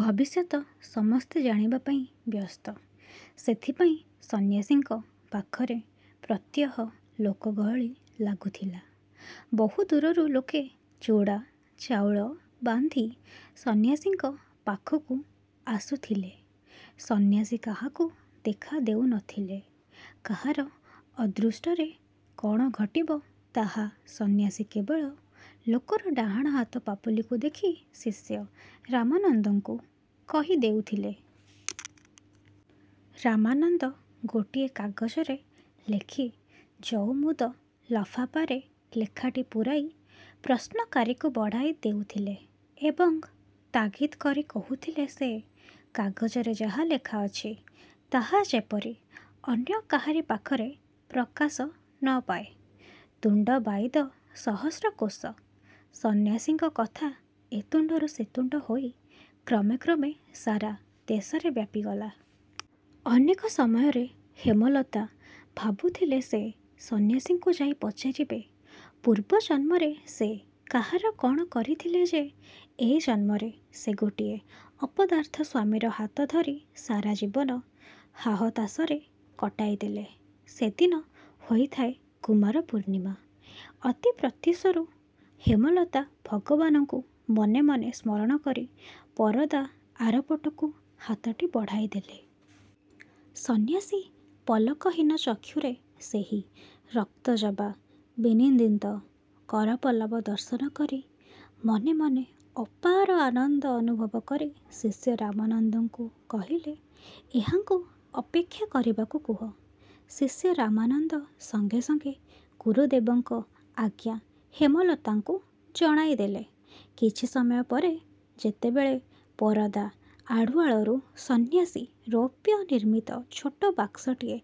ଭବିଷ୍ୟତ ସମସ୍ତେ ଜାଣିବା ପାଇଁ ବ୍ୟସ୍ତ। ସେଥିପାଇଁ ସନ୍ୟାସୀଙ୍କ ପାଖରେ ପ୍ରତ୍ୟହ ଲୋକ ଗହଳି ଲାଗୁଥିଲା। ବହୁ ଦୂରରୁ ଲୋକେ ଚୁଡ଼ା, ଚାଉଳ ବାନ୍ଧି ସନ୍ୟାସୀଙ୍କ ପାଖକୁ ଆସୁଥିଲେ। ସନ୍ୟାସୀ କାହାକୁ ଦେଖାଦେଉନଥିଲେ। କାହାର ଅଦୃଷ୍ଟରେ କ'ଣ ଘଟିବ ତାହା ସନ୍ୟାସୀ କେବଳ ଲୋକର ଡାହାଣ ହାତ ପାପୁଲିକୁ ଦେଖି ଶିଷ୍ୟ ରାମାନନ୍ଦଙ୍କୁ କହିଦେଉଥିଲେ। ରାମାନନ୍ଦ ଗୋଟିଏ କାଗଜରେ ଲେଖି ଜଉମୁଦ ଲଫାପାରେ ଲେଖାଟି ପୂରାଇ ପ୍ରଶ୍ନକାରୀକୁ ବଢ଼ାଇ ଦେଉଥିଲେ ଏବଂ ତାଗିଦ୍ କରି କହୁଥିଲେ ସେ କାଗଜରେ ଯାହା ଲେଖାଅଛି ତାହା ଯେପରି ଅନ୍ୟ କାହାରି ପାଖରେ ପ୍ରକାଶ ନ ପାଏ। ତୁଣ୍ଡ ବାଇଦ ସହସ୍ର କୋଶ। ସନ୍ୟାସୀଙ୍କ କଥା ଏ ତୁଣ୍ଡରୁ ସେ ତୁଣ୍ଡ ହୋଇ କ୍ରମେ କ୍ରମେ ସାରା ଦେଶରେ ବ୍ଯାପିଗଲା। ଅନେକ ସମୟରେ ହେମଲତା ଭାବୁଥିଲେ ସେ ସନ୍ୟାସୀଙ୍କୁ ଯାଇ ପଚାରିବେ ପୂର୍ବ ଜନ୍ମରେ ସେ କାହାର କ'ଣ କରିଥିଲେ ଯେ ଏ ଜନ୍ମରେ ସେ ଗୋଟିଏ ଅପଦାର୍ଥ ସ୍ୱାମୀର ହାତଧରି ସାରା ଜୀବନ ହାହତାଶରେ କଟାଇଦେଲେ। ସେଦିନ ହୋଇଥାଏ କୁମାରପୂର୍ଣ୍ଣିମା। ଅତି ପ୍ରତ୍ୟୁଷରୁ ହେମଲତା ଭଗବାନଙ୍କୁ ମନେମନେ ସ୍ମରଣ କରି ପରଦା ଆରପଟକୁ ହାତଟି ବଢ଼ାଇଦେଲେ। ସନ୍ୟାସୀ ପଲକହୀନ ଚକ୍ଷୁରେ ସେହି ରକ୍ତଜବା ବିନିନ୍ଦିତ କରପଲ୍ଲବ ଦର୍ଶନ କରି ମନେମନେ ଅପାର ଆନନ୍ଦ ଅନୁଭବ କରି ଶିଷ୍ୟ ରାମାନନ୍ଦଙ୍କୁ କହିଲେ, ''ଏହାଙ୍କୁ ଅପେକ୍ଷା କରିବାକୁ କୁହ। '' ଶିଷ୍ୟ ରାମାନନ୍ଦ ସଙ୍ଗେ ସଙ୍ଗେ ଗୁରୁଦେବଙ୍କ ଆଜ୍ଞା ହେମଲତାଙ୍କୁ ଜଣାଇଦେଲେ। କିଛି ସମୟ ପରେ ଯେତେବେଳେ ପରଦା ଆଢ଼ୁଆଳରୁ ସନ୍ୟାସୀ ରୌପ୍ୟ ନିର୍ମିତ ଛୋଟ ବାକ୍ସଟିଏ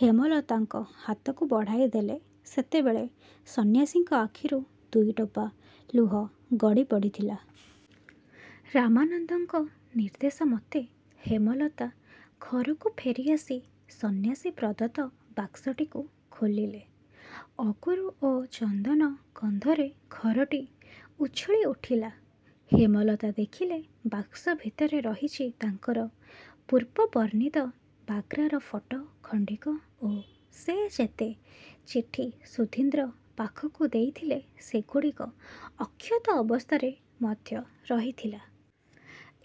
ହେମଲତାଙ୍କ ହାତକୁ ବଢ଼ାଇଦେଲେ, ସେତେବେଳେ ସନ୍ୟାସୀଙ୍କ ଆଖିରୁ ଦୁଇଟୋପା ଲୁହ ଗଡ଼ି ପଡ଼ିଥିଲା। ରାମାନନ୍ଦଙ୍କ ନିର୍ଦ୍ଦେଶମତେ ହେମଲତା ଘରକୁ ଫେରିଆସି ସନ୍ୟାସୀ ପ୍ରଦତ୍ତ ବାକ୍ସଟିକୁ ଖୋଲିଲେ। ଅଗୁରୁ ଓ ଚନ୍ଦନ ଗନ୍ଧରେ ଘରଟି ଉଛୁଳିଉଠିଲା। ହେମଲତା ଦେଖିଲେ ବାକ୍ସ ଭିତରେ ରହିଛି ତାଙ୍କର ପୂର୍ବ ବର୍ଣ୍ଣିତ ବାଗ୍ରାର ଫଟୋ ଖଣ୍ଡିକ ଓ ସେ ଯେତେ ଚିଠି ସୁଧୀନ୍ଦ୍ର ପାଖକୁ ଦେଇଥିଲେ, ସେଗୁଡ଼ିକ ଅକ୍ଷତ ଅବସ୍ଥାରେ ମଧ୍ୟ ରହିଥିଲା।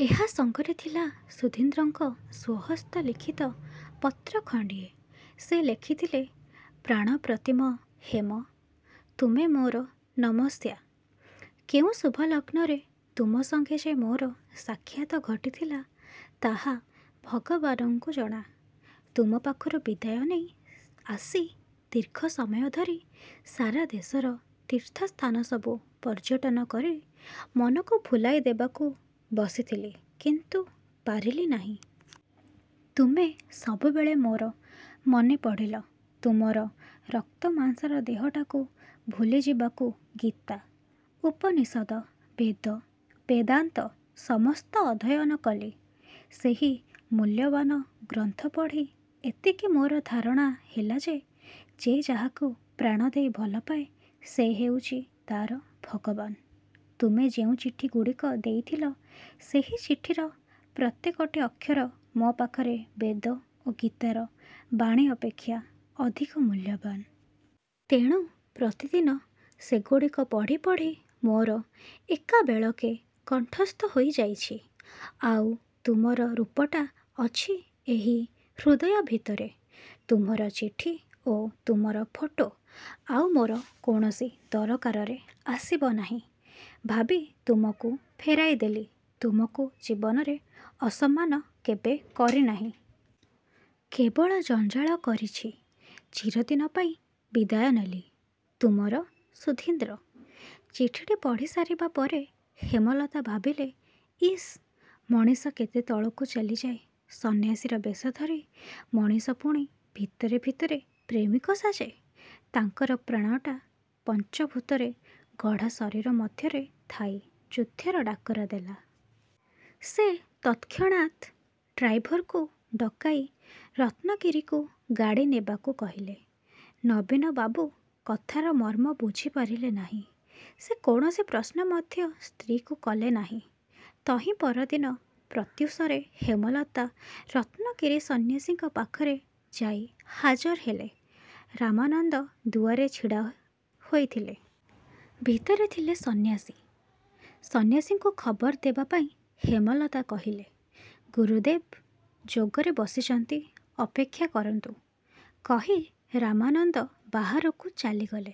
ଏହା ସଙ୍ଗରେ ଥିଲା ସୁଧୀନ୍ଦ୍ରଙ୍କ ସ୍ୱହସ୍ତ ଲିଖିତ ପତ୍ର ଖଣ୍ଡିଏ। ସେ ଲେଖିଥିଲେ ''ପ୍ରାଣପ୍ରତିମ ହେମ! '' ତୁମେ ମୋର ନମସ୍ୟା। କେଉଁ ଶୁଭଲଗ୍ନରେ ତୁମ ସଙ୍ଗେ ଯେ ମୋର ସାକ୍ଷାତ ଘଟିଥିଲା, ତାହା ଭଗବାନଙ୍କୁ ଜଣା। ତୁମ ପାଖରୁ ବିଦାୟ ନେଇ ଆସି ଦୀର୍ଘସମୟ ଧରି ସାରାଦେଶର ତୀର୍ଥସ୍ଥାନ ସବୁ ପର୍ଯ୍ୟଟନ କରି ମନକୁ ଭୁଲାଇ ଦେବାକୁ ବସିଥିଲି କିନ୍ତୁ ପାରିଲି ନାହିଁ-। ତୁମେ ସବୁବେଳେ ମୋର ମନେପଡ଼ିଲ। ତୁମର ରକ୍ତମାଂସର ଦେହଟାକୁ ଭୁଲିଯିବାକୁ ଗୀତା, ଉପନିଷଦ, ବେଦ, ବେଦାନ୍ତ ସମସ୍ତ ଅଧ୍ୟୟନ କଲି। ସେହି ମୂଲ୍ୟବାନ୍ ଗ୍ରନ୍ଥ ପଢ଼ି ଏତିକି ମୋର ଧାରଣା ହେଲା ଯେ, ଯେ ଯାହାକୁ ପ୍ରାଣଦେଇ ଭଲପାଏ ସେ ହେଉଛି ତା'ର ଭଗବାନ। ତୁମେ ଯେଉଁ ଚିଠିଗୁଡ଼ିକ ଦେଇଥିଲ, ସେହି ଚିଠିର ପ୍ରତ୍ୟେକଟି ଅକ୍ଷର ମୋ ପାଖରେ ବେଦ ଓ ଗୀତାର ବାଣୀ ଅପେକ୍ଷା ଅଧିକ ମୂଲ୍ୟବାନ। ତେଣୁ ପ୍ରତିଦିନ ସେଗୁଡ଼ିକ ପଢ଼ିପଢ଼ି ମୋର ଏକାବେଳକେ କଣ୍ଠସ୍ଥ ହୋଇଯାଇଛି। ଆଉ ତୁମର ରୂପଟା ଅଛି ଏହି ହୃଦୟ ଭିତରେ। ତୁମର ଚିଠି ଓ ତୁମର ଫଟୋ ଆଉ ମୋର କୌଣସି ଦରକାରରେ ଆସିବ ନାହିଁ ଭାବି ତୁମକୁ ଫେରାଇଦେଲି। ତୁମକୁ ଜୀବନରେ ଅସମ୍ମାନ କେବେ କରିନାହିଁ। କେବଳ ଜଞ୍ଜାଳ କରିଛି-। ଚିରଦିନ ପାଇଁ ବିଦାୟ ନେଲି। ତୁମର ସୁଧୀନ୍ଦ୍ର। '' ଚିଠିଟି ପଢ଼ିସାରିବା ପରେ ହେମଲତା ଭାବିଲେ, ''ଇସ୍ ମଣିଷ କେତେ ତଳକୁ ଚାଲିଯାଏ। ସନ୍ୟାସୀର ବେଶଧରି ମଣିଷ ପୁଣି ଭିତରେ ଭିତରେ ପ୍ରେମିକ ସାଜେ? '' ତାଙ୍କର ପ୍ରାଣଟା ପଞ୍ଚଭୂତରେ ଗଢ଼ା ଶରୀର ମଧ୍ୟରେ ଥାଇ ଯୁଦ୍ଧର ଡାକରା ଦେଲା। ସେ ତତ୍କ୍ଷଣାତ ଡ୍ରାଇଭରକୁ ଡକାଇ ରତ୍ନଗିରିକୁ ଗାଡ଼ି ନେବାକୁ କହିଲେ। ନବୀନବାବୁ କଥାର ମର୍ମ ବୁଝିପାରିଲେ ନାହିଁ। ସେ କୌଣସି ପ୍ରଶ୍ନ ମଧ୍ୟ ସ୍ତ୍ରୀକୁ କଲେ ନାହିଁ। ତହିଁ ପରଦିନ ପ୍ରତ୍ୟୁଷରେ ହେମଲତା ରତ୍ନଗିରି ସନ୍ୟାସୀଙ୍କ ପାଖରେ ଯାଇ ହାଜର ହେଲେ। ରାମାନନ୍ଦ ଦୁଆରେ ଛିଡ଼ା ହୋଇଥିଲେ। ଭିତରେ ଥିଲେ ସନ୍ୟାସୀ। ସନ୍ୟାସୀଙ୍କୁ ଖବର ଦେବାପାଇଁ ହେମଲତା କହିଲେ। ''ଗୁରୁଦେବ ଯୋଗରେ ବସିଛନ୍ତି। ଅପେକ୍ଷା କରନ୍ତୁ। '' କହି ରାମାନନ୍ଦ ବାହାରକୁ ଚାଲିଗଲେ।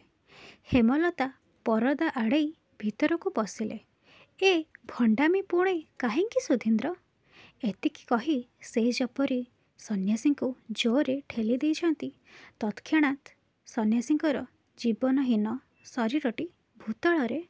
ହେମଲତା ପରଦା ଆଡ଼େଇ ଭିତରକୁ ପଶିଲେ। ''ଏ ଭଣ୍ଡାମି ପୁଣି କାହିଁକି ସୁଧୀନ୍ଦ୍ର? '' ଏତିକି କହି ସେ ଯେପରି ସନ୍ୟାସୀଙ୍କୁ ଜୋରରେ ଠେଲି ଦେଇଛନ୍ତି ତତ୍କ୍ଷଣାତ୍ ସନ୍ୟାସୀଙ୍କର ଜୀବନହୀନ ଶରୀରଟି ଭୂତଳରେ।